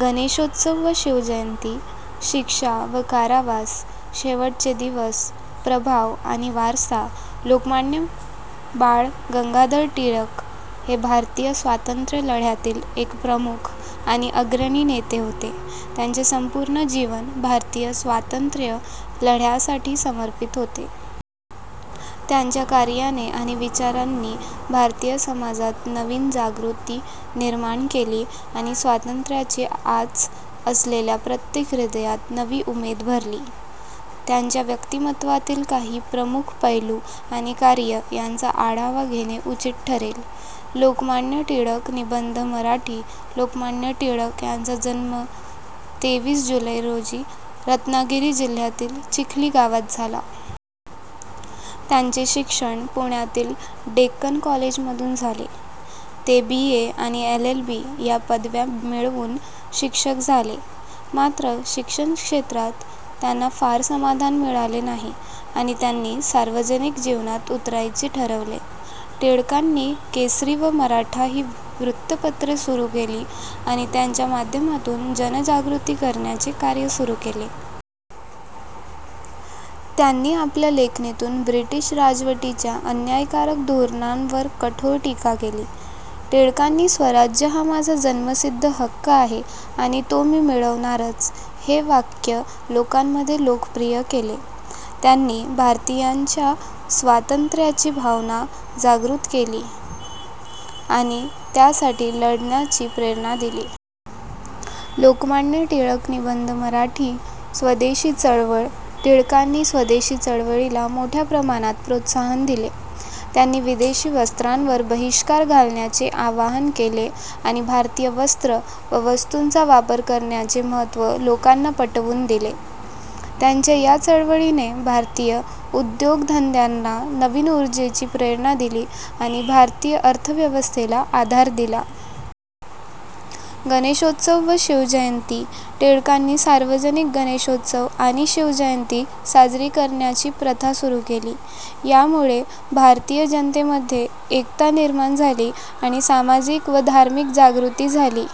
गणेशोत्सव व शिवजयंती, शिक्षा व कारावास, शेवटचे दिवस, प्रभाव आणि वारसा, लोकमान्य बाळ गंगाधर टिळक हे भारतीय स्वातंत्र्य लढ्यातील एक प्रमुख आणि अग्रणी नेते होते. त्यांचे संपूर्ण जीवन भारतीय स्वातंत्र्य लढ्यासाठी समर्पित होते. त्यांच्या कार्याने आणि विचारांनी भारतीय समाजात नवीन जागृती निर्माण केली आणि स्वातंत्र्याची आच असलेल्या प्रत्येक हृदयात नवी उमेद भरली. त्यांच्या व्यक्तिमत्त्वातील काही प्रमुख पैलू आणि कार्य यांचा आढावा घेणे उचित ठरेल. लोकमान्य टिळक निबंध मराठी, लोकमान्य टिळक यांचा जन्म तेवीस जुलै रोजी रत्नागिरी जिल्ह्यातील चिखली गावात झाला. त्यांचे शिक्षण पुण्यातील डेक्कन कॉलेजमधून झाले. ते बी. ए. आणि एल. एल. बी. या पदव्या मिळवून शिक्षक झाले. मात्र, शिक्षणक्षेत्रात त्यांना फार समाधान मिळाले नाही आणि त्यांनी सार्वजनिक जीवनात उतरायचे ठरवले. टिळकांनी केसरी व मराठा ही वृत्तपत्रे सुरू केली आणि त्यांच्या माध्यमातून जनजागृती करण्याचे कार्य सुरू केले. त्यांनी आपल्या लेखणीतून ब्रिटिश राजवटीच्या अन्यायकारक धोरणांवर कठोर टीका केली. टिळकांनी स्वराज्य हा माझा जन्मसिद्ध हक्क आहे आणि तो मी मिळवणारच हे वाक्य लोकांमध्ये लोकप्रिय केले. त्यांनी भारतीयांच्या स्वातंत्र्याची भावना जागृत केली आणि त्यासाठी लढण्याची प्रेरणा दिली. लोकमान्य टिळक निबंध मराठी, स्वदेशी चळवळ, टिळकांनी स्वदेशी चळवळीला मोठ्या प्रमाणात प्रोत्साहन दिले. त्यांनी विदेशी वस्त्रांवर बहिष्कार घालण्याचे आवाहन केले आणि भारतीय वस्त्र व वस्तूंचा वापर करण्याचे महत्त्व लोकांना पटवून दिले. त्यांच्या या चळवळीने भारतीय उद्योगधंद्यांना नवीन ऊर्जेची प्रेरणा दिली आणि भारतीय अर्थव्यवस्थेला आधार दिला. गणेशोत्सव व शिवजयंती, टिळकांनी सार्वजनिक गणेशोत्सव आणि शिवजयंती साजरी करण्याची प्रथा सुरू केली. यामुळे भारतीय जनतेमध्ये एकता निर्माण झाली आणि सामाजिक व धार्मिक जागृती झाली.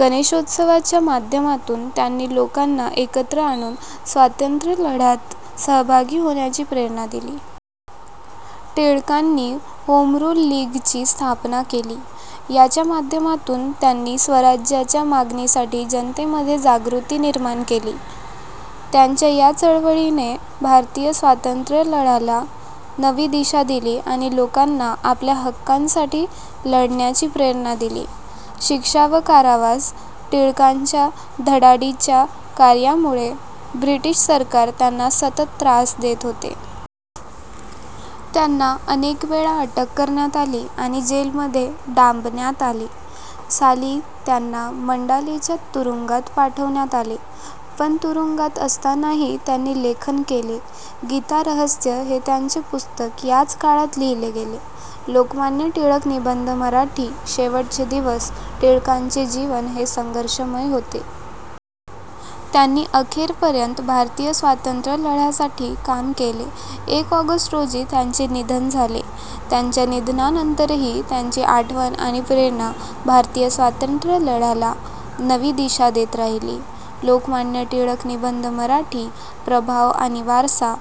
गणेशोत्सवाच्या माध्यमातून त्यांनी लोकांना एकत्र आणून स्वातंत्र्यलढ्यात सहभागी होण्याची प्रेरणा दिली. टिळकांनी होमरूल लीगची स्थापना केली. याच्या माध्यमातून त्यांनी स्वराज्याच्या मागणीसाठी जनतेमध्ये जागृती निर्माण केली. त्यांच्या या चळवळीने भारतीय स्वातंत्र्यलढ्याला नवी दिशा दिली आणि लोकांना आपल्या हक्कांसाठी लढण्याची प्रेरणा दिली. शिक्षा व कारावास, टिळकांच्या धडाडीच्या कार्यामुळे ब्रिटिश सरकार त्यांना सतत त्रास देत होते. त्यांना अनेक वेळा अटक करण्यात आली आणि जेलमध्ये डांबण्यात आले. साली त्यांना मंडालेच्या तुरुंगात पाठवण्यात आले. पण तुरुंगात असतानाही त्यांनी लेखन केले. गीता रहस्य हे त्यांचे पुस्तक याच काळात लिहिले गेले. लोकमान्य टिळक निबंध मराठी, शेवटचे दिवस, टिळकांचे जीवन हे संघर्षमय होते. त्यांनी अखेरपर्यंत भारतीय स्वातंत्र्यलढ्यासाठी काम केले. एक ऑगस्ट रोजी त्यांचे निधन झाले. त्यांच्या निधनानंतरही त्यांची आठवण आणि प्रेरणा भारतीय स्वातंत्र्यलढ्याला नवी दिशा देत राहिली. लोकमान्य टिळक निबंध मराठी, प्रभाव आणि वारसा,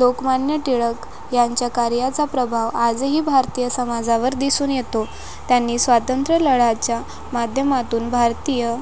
लोकमान्य टिळक यांच्या कार्याचा प्रभाव आजही भारतीय समाजावर दिसून येतो. त्यांनी स्वातंत्र्यलढ्याच्या माध्यमातून भारतीय